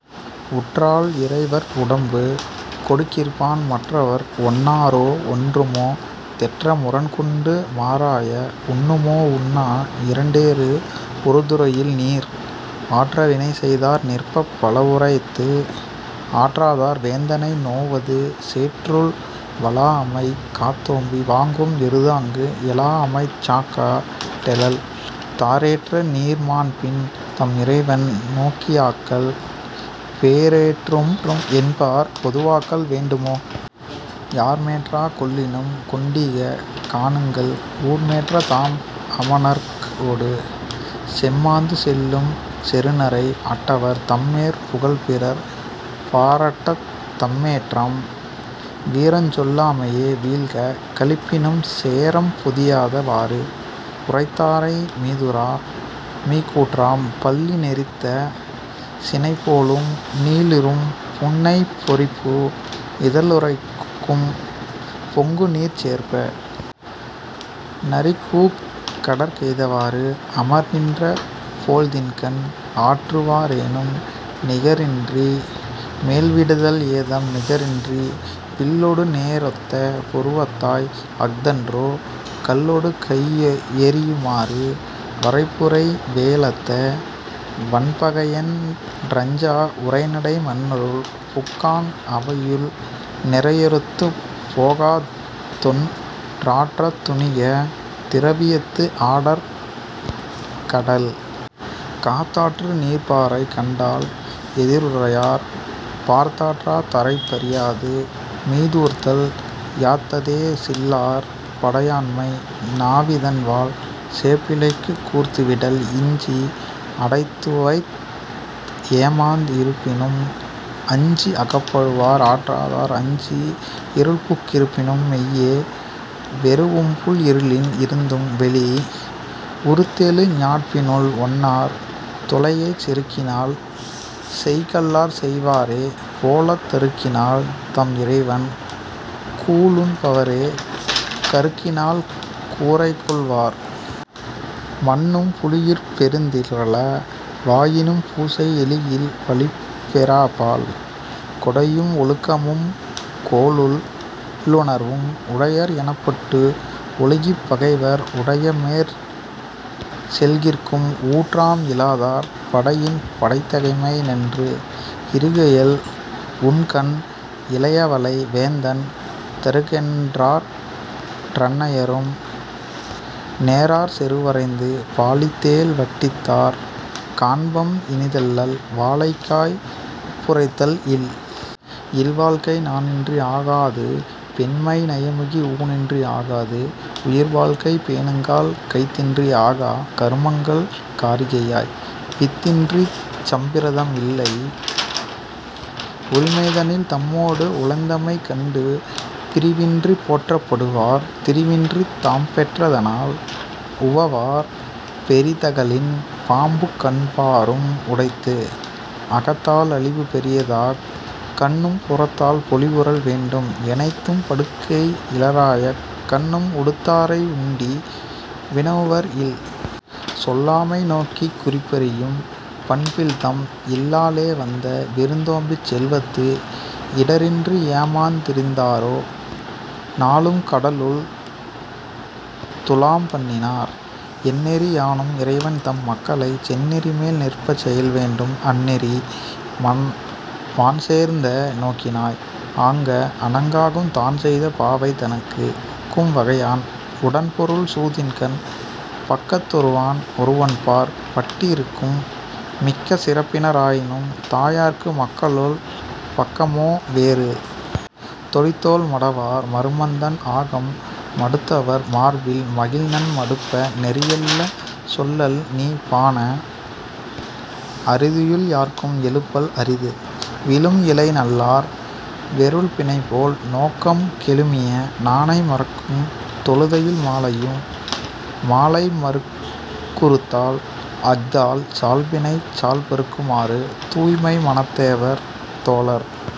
உற்றால் இறைவற் உடம்பு கொடுக்கிற்பான் மற்றவற் ஒன்னாரோ ஒன்றுமோ தெற்ற முரண்கொண்டு மாறாய உண்ணுமோ 'உண்ணா இரண்டேறு ஒருதுறையுள் நீர்'. ஆற்ற வினைசெய்தார் நிற்பப் பலவுரைத்து ஆற்றாதார் வேந்தனை நோவது சேற்றுள் வழாஅமைக் காத்தோம்பி 'வாங்கும் எருதாங்கு எழாஅமைச் சாக்கா டெழல்'. தாரேற்ற நீண்மார்பின் தம்இறைவன் நோக்கியக்கால் போரேற்றும் என்பார் பொதுவாக்கல் வேண்டுமோ? யார்மேற்றாக் கொள்ளினும் கொண்டீக காணுங்கால் 'ஊர்மேற்ற தாம்அமணர்க் ஓடு'. செம்மாந்து செல்லும் செறுநரை அட்டவர் தம்மேற் புகழ்பிறர் பாராட்டத் தம்மேற்றாம் வீரஞ்சொல் லாமையே வீழ்க களிப்பினும் 'சோரம் பொதியாத வாறு'. உரைத்தாரை மீதுரா மீக்கூற்றம் பல்லி நெரித்த சினைபோலும் நீளிரும் புன்னைப் பொரிப்பூ இதழுறைக்கும் பொங்குநீர்ச் சேர்ப்ப! 'நரிக்கூஉக் கடற்கெய்தா வாறு'. அமர்நின்ற போழ்தின்கண் ஆற்றுவா ரேனும் நிகரின்றி மேல்விடுதல் ஏதம் நிகரின்றி வில்லொடுநே ரொத்த புருவத்தாய்! அஃதன்றோ 'கல்லொடு கையெறியு மாறு'. வரைபுரை வேழத்த வன்பகையென் றஞ்சா உரைநடை மன்னருள் புக்காங் அவையுள் நிரையுரைத்துப் போகாதொன் றாற்றத் துணிக 'திரையவித்து ஆடார் கடல்'. காத்தாற்று நிற்பாரைக் கண்டால் எதிருரையார் பார்த்தாற்றா தாரைப் பரியாது மீதூர்தல் யாத்ததே சில்லார் படையாண்மை 'நாவிதன்வாள் சேப்பிலைக்குக் கூர்த்து விடல்' இஞ்சி அடைத்துவைத் ஏமாந் இருப்பினும் அஞ்சி அகப்படுவார் ஆற்றாதார் அஞ்சி இருள்புக் கிருப்பினும் மெய்யே வெரூஉம்புள் 'இருளின் இருந்தும் வெளி'. உருத்தெழு ஞாட்பினுள் ஒன்னார் தொலையச் செருக்கினால் செய்கல்லார் செய்வாரே போலத் தருக்கினால் தம் இறைவன் கூழுண் பவரே 'கருக்கினால் கூறைகொள் வார்'. மன்னும் புலியிற் பெருந்திறல வாயினும் 'பூசை எலியில் வழிப்பெறா பால்'. கொடையும் ஒழுக்கமும் கோளுள் ளுணர்வும் உடையர் எனப்பட்டு ஒழுகிப் பகைவர் உடையமேற் செல்கிற்கும் ஊற்றம் இலாதார் 'படையின் படைத்தகைமை நன்று'. இருகயல் உண்கண் இளையவளை வேந்தன் தருகென்றாற் றன்னையரும் நேரார் செருவறைந்து பாழித்தோள் வட்டித்தார் காண்பாம் இனிதல்லால் 'வாழைக்காய் உப்புறைத்தல் இல்'.. இல்வாழ்க்கை நாணின்றி ஆகாது பெண்மை நயமிகு ஊணின்றி ஆகாது உயிர்வாழ்க்கை பேணுங்கால் கைத்தின்றி ஆகா கருமங்கள் காரிகையாய்! 'வித்தின்றிச் சம்பிரதம் இல்'. உரிமைதனில் தம்மோடு உழந்தமை கண்டு பிரிவின்றிப் போற்றப் படுவார் திரிவின்றித் தாம்பெற் றதனால் உவவார் 'பெரிதகழின் பாம்புகாண் பாரும் உடைத்து'. அகத்தால் அழிவு பெரிதாயக் கண்ணும் புறத்தால் பொலிவுறல் வேண்டும் எனைத்தும் படுக்கை இலராயக் கண்ணும் 'உடுத்தாரை உண்டி வினவுவார் இல்'. சொல்லாமை நோக்கிக் குறிப்பறியும் பண்பில்தம் இல்லாளே வந்த விரும்தோம்பிச் செல்வத்து இடரின்றி ஏமாந் திருந்தாரே 'நாளும் கடலுள் துலாம்பண்ணி னார்'. எந்நெறி யானும் இறைவன்தன் மக்களைச் செந்நெறிமேல் நிற்பச் செயல்வேண்டும் அந்நெறி மான்சேர்ந்த நோக்கினாய்! ஆங்க 'அணங்காகும் தான்செய்த பாவை தனக்கு'. ஒக்கும் வகையான் உடன்பொருள் சூதின்கண் பக்கத் தொருவன் ஒருவன்பாற் பட்டிருக்கும் மிக்க சிறப்பின ராயினும் 'தாயார்க்கு மக்களுள் பக்கமோ வேறு'. தொடித்தோள் மடவார் மருமந்தன் ஆகம் மடுத்அவர் மார்பில் மகிழ்நன் மடுப்ப நெறியல்ல சொல்லல்நீ பாண! 'அறிதுயில் யார்க்கும் எழுப்பல் அரிது'. விழும்இழை நல்லார் வெருள்பிணைபோல் நோக்கம் கெழுமிய நாணை மறைக்கும் தொழுதையுள் மாலையும் மாலை மறுக்குறுத்தாள் அஃதால் 'சால்பினைச் சால்பறுக்கு மாறு'. தூய்மை மனத்தவர் தோழர்